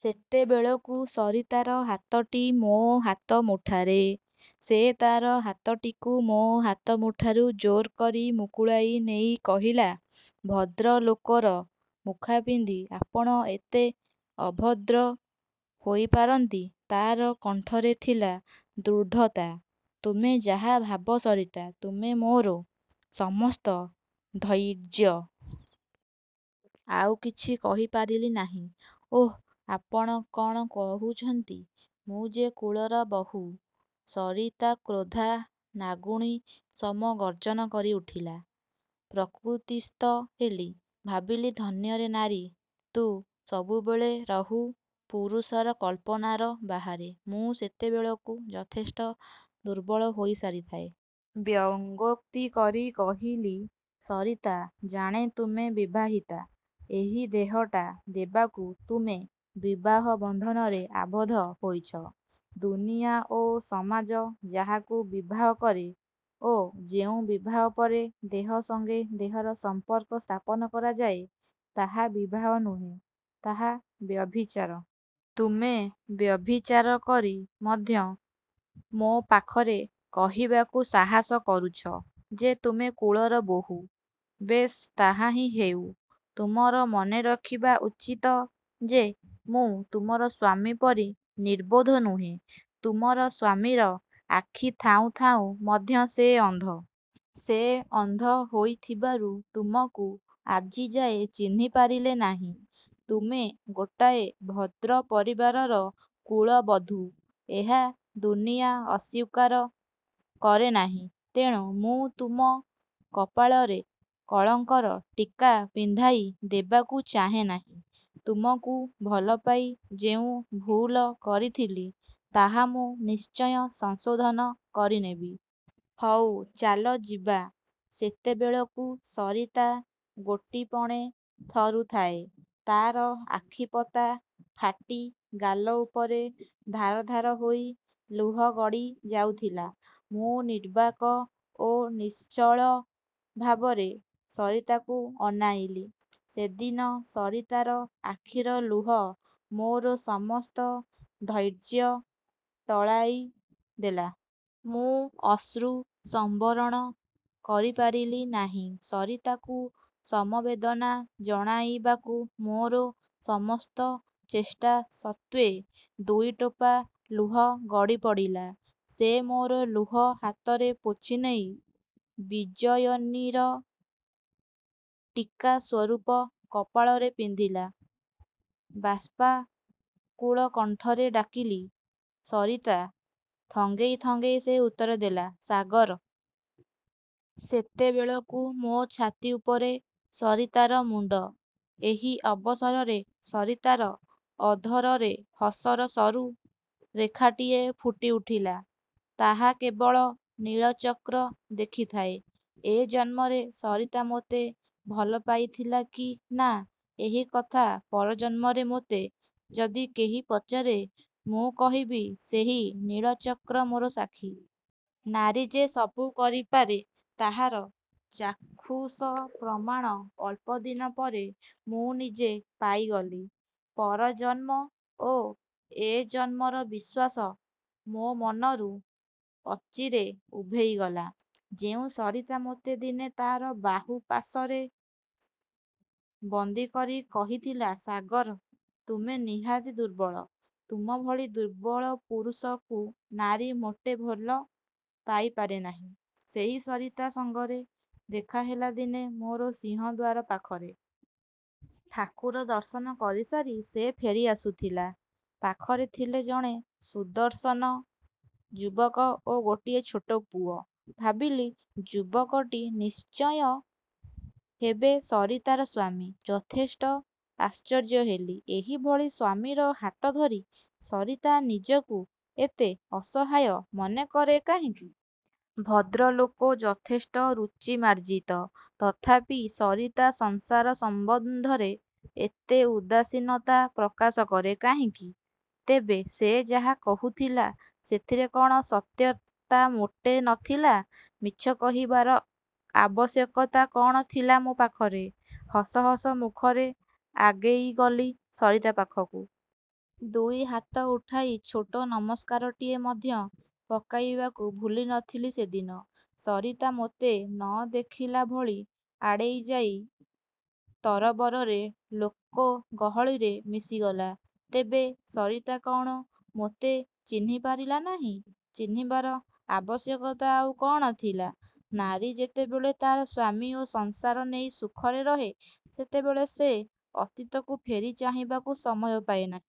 ସେତେବେଳକୁ ସରିତାର ହାତଟି ମୋ ହାତମୁଠାରେ। ସେ ତା'ର ହାତଟିକୁ ମୋ ହାତମୁଠାରୁ ଜୋରକରି ମୁକୁଳାଇ ନେଇ କହିଲା, 'ଭଦ୍ରଲୋକର ମୁଖାପିନ୍ଧି ଆପଣ ଏତେ ଅଭଦ୍ର ହୋଇପାରନ୍ତି? ' ତା'ର କଣ୍ଠରେ ଥିଲା ଦୃଢ଼ତା। ''ତୁମେ ଯାହା ଭାବ ସରିତା, ତୁମେ ମୋର ସମସ୍ତ ଧୈର୍ଯ୍ୟ। '' ଆଉକିଛି କହିପାରିଲି ନାହିଁ। ''ଓଃ, ଆପଣ କ'ଣ କହୁଛନ୍ତି? ମୁଁ ଯେ କୁଳର ବହୂ। '' ସରିତା କ୍ରୋଦ୍ଧା ନାଗୁଣୀ ସମ ଗର୍ଜନ କରିଉଠିଲା। ପ୍ରକୃତିସ୍ଥ ହେଲି। ଭାବିଲି ଧନ୍ୟରେ ନାରୀ! ତୁ ସବୁବେଳେ ରହୁ ପୁରୁଷର କଳ୍ପନାର ବାହାରେ। ମୁଁ ସେତେବେଳକୁ ଯଥେଷ୍ଟ ଦୁର୍ବଳ ହୋଇସାରିଥାଏ। ବ୍ୟଙ୍ଗୋକ୍ତି କରି କହିଲି, ''ସରିତା! ଜାଣେ ତୁମେ ବିବାହିତା। ଏହି ଦେହଟା ଦେବାକୁ ତୁମେ ବିବାହ ବନ୍ଧନରେ ଆବଦ୍ଧ ହୋଇଛ। ଦୁନିଆ ଓ ସମାଜ ଯାହାକୁ ବିବାହ କରେ ଓ ଯେଉଁ ବିବାହ ପରେ ଦେହ ସଙ୍ଗେ ଦେହର ସମ୍ପର୍କ ସ୍ଥାପନ କରାଯାଏ, ତାହା ବିବାହ ନୁହେଁ, ତାହା ବ୍ୟଭିଚାର। ତୁମେ ବ୍ୟଭିଚାର କରି ମଧ୍ୟ ମୋ ପାଖରେ କହିବାକୁ ସାହସ କରୁଛ ଯେ ତୁମେ କୁଳର ବୋହୂ। ବେଶ୍ ତାହାହିଁ ହେଉ। ତୁମର ମନେରଖିବା ଉଚିତ ଯେ ମୁଁ ତୁମର ସ୍ୱାମୀ ପରି ନିର୍ବୋଧ ନୁହେଁ। ତୁମର ସ୍ୱାମୀର ଆଖି ଥାଉଁ ଥାଉଁ ମଧ୍ୟ ସେ ଅନ୍ଧ। ସେ ଅନ୍ଧହୋଇଥିବାରୁ ତୁମକୁ ଆଜି ଯାଏ ଚିହ୍ନିପାରିଲେ ନାହିଁ। ତୁମେ ଗୋଟାଏ ଭଦ୍ର ପରିବାରର କୁଳ ବଧୂ। ଏହା ଦୁନିଆ ଅସ୍ୱୀକାର କରେ ନାହିଁ। ତେଣୁ ମୁଁ ତୁମ କପାଳରେ କଳଙ୍କର ଟୀକା ପିନ୍ଧାଇ ଦେବାକୁ ଚାହେଁ ନାହିଁ। ତୁମକୁ ଭଲପାଇ ଯେଉଁ ଭୁଲକରିଥିଲି, ତାହା ମୁଁ ନିଶ୍ଚୟ ସଂଶୋଧନ କରିନେବି। ହଉ ଚାଲ ଯିବା। '' ସେତେବେଳକୁ ସରିତା ଗୋଟିପଣେ ଥରୁଥାଏ। ତା'ର ଆଖିପତା ଫାଟି ଗାଲ ଉପରେ ଧାର ଧାର ହୋଇ ଲୁହ ଗଡ଼ିଯାଉଥିଲା। ମୁଁ ନିର୍ବାକ ଓ ନିଶ୍ଚଳ ଭାବରେ ସରିତାକୁ ଅନାଇଲି। ସେଦିନ ସରିତାର ଆଖିର ଲୁହ ମୋର ସମସ୍ତ ଧୈର୍ଯ୍ୟ ଟଳାଇ ଦେଲା। ମୁଁ ଅଶ୍ରୁ ସମ୍ବରଣ କରିପାରିଲି ନାହିଁ। ସରିତାକୁ ସମବେଦନା ଜଣାଇବାକୁ ମୋର ସମସ୍ତ ଚେଷ୍ଟା ସତ୍ତ୍ଵେ ଦୁଇଟୋପା ଲୁହ ଗଡ଼ିପଡ଼ିଲା। ସେ ମୋର ଲୁହ ହାତରେ ପୋଛିନେଇ। ବିଜୟନୀର ଟୀକା ସ୍ୱରୂପ କପାଳରେ ପିନ୍ଧିଲା-। ବାଷ୍ପାକୁଳ କଣ୍ଠରେ ଡାକିଲି, ''ସରିତା! '' ଥଙ୍ଗେଇ ଥଙ୍ଗେଇ ସେ ଉତ୍ତରଦେଲା, ''ସାଗର! '' ସେତେବେଳକୁ ମୋ ଛାତି ଉପରେ ସରିତାର ମୁଣ୍ଡ। ଏହି ଅବସରରେ ସରିତାର ଅଧରରେ ହସର ସରୁ ରେଖାଟିଏ ଫୁଟିଉଠିଲା। ତାହା କେବଳ ନୀଳଚକ୍ର ଦେଖିଥାଏ। ଏ ଜନ୍ମରେ ସରିତା ମୋତେ ଭଲପାଇଥିଲା କି ନା ଏହି କଥା ପରଜନ୍ମରେ ମୋତେ ଯଦି କେହି ପଚାରେ, ମୁଁ କହିବି ସେହି ନୀଳଚକ୍ର ମୋର ସାକ୍ଷୀ। ନାରୀ ଯେ ସବୁ କରିପାରେ ତାହାର ଚାକ୍ଷୁସ ପ୍ରମାଣ ଅଳ୍ପଦିନ ପରେ ମୁଁ ନିଜେ ପାଇଗଲି। ପରଜନ୍ମ ଓ ଏ ଜନ୍ମର ବିଶ୍ୱାସ ମୋ ମନରୁ ଅଚିରେ ଉଭେଇଗଲା। ଯେଉଁ ସରିତା ମୋତେ ଦିନେ ତା'ର ବାହୁପାଶରେ ବନ୍ଦୀକରି କହିଥିଲା, ''ସାଗର! ତୁମେ ନିହାତି ଦୁର୍ବଳ, ତୁମ ଭଳି ଦୁର୍ବଳ ପୁରୁଷକୁ ନାରୀ ମୋଟେ ଭଲ ପାଇପାରେ ନାହିଁ'', ସେହି ସରିତା ସଙ୍ଗରେ ଦେଖାହେଲା ଦିନେ ମୋର ସିଂହଦ୍ଵାର ପାଖରେ। ଠାକୁର ଦର୍ଶନ କରିସାରି ସେ ଫେରି ଆସୁଥିଲା। ପାଖରେ ଥିଲେ ଜଣେ ସୁଦର୍ଶନ ଯୁବକ ଓ ଗୋଟିଏ ଛୋଟ ପୁଅ। ଭାବିଲି ଯୁବକଟି ନିଶ୍ଚୟ ହେବେ ସରିତାର ସ୍ୱାମୀ। ଯଥେଷ୍ଟ ଆଶ୍ଚର୍ଯ୍ୟ ହେଲି। ଏହିଭଳି ସ୍ୱାମୀର ହାତଧରି ସରିତା ନିଜକୁ ଏତେ ଅସହାୟ ମନେକରେ କାହିଁକି? ଭଦ୍ରଲୋକ ଯଥେଷ୍ଟ ରୁଚିମାର୍ଜିତ। ତଥାପି ସରିତା ସଂସାର ସମ୍ବନ୍ଧରେ ଏତେ ଉଦାସୀନତା ପ୍ରକାଶ କରେ କାହିଁକି? ତେବେ ସେ ଯାହା କହୁଥିଲା, ସେଥିରେ କ'ଣ ସତ୍ୟତା ମୋଟେ ନ ଥିଲା? ମିଛ କହିବାର ଆବଶ୍ୟକତା କ'ଣ ଥିଲା ମୋ ପାଖରେ? ହସ ହସ ମୁଖରେ ଆଗେଇଗଲି ସରିତା ପାଖକୁ। ଦୁଇ ହାତ ଉଠାଇ ଛୋଟ ନମସ୍କାରଟିଏ ମଧ୍ୟ ପକାଇବାକୁ ଭୁଲି ନଥିଲି ସେଦିନ। ସରିତା ମୋତେ ନ ଦେଖିଲାଭଳି ଆଡ଼େଇଯାଇ ତରବରରେ ଲୋକ ଗହଳିରେ ମିଶିଗଲା। ତେବେ ସରିତା କ'ଣ ମୋତେ ଚିହ୍ନିପାରିଲା ନାହିଁ? ଚିହ୍ନିବାର ଆବଶ୍ୟକତା ଆଉ କ'ଣ ଥିଲା? ନାରୀ ଯେତେବେଳେ ତା'ର ସ୍ୱାମୀ ଓ ସଂସାର ନେଇ ସୁଖରେ ରହେ ସେତେବେଳେ ସେ ଅତୀତକୁ ଫେରି ଚାହିଁବାକୁ ସମୟ ପାଏ ନାହିଁ-।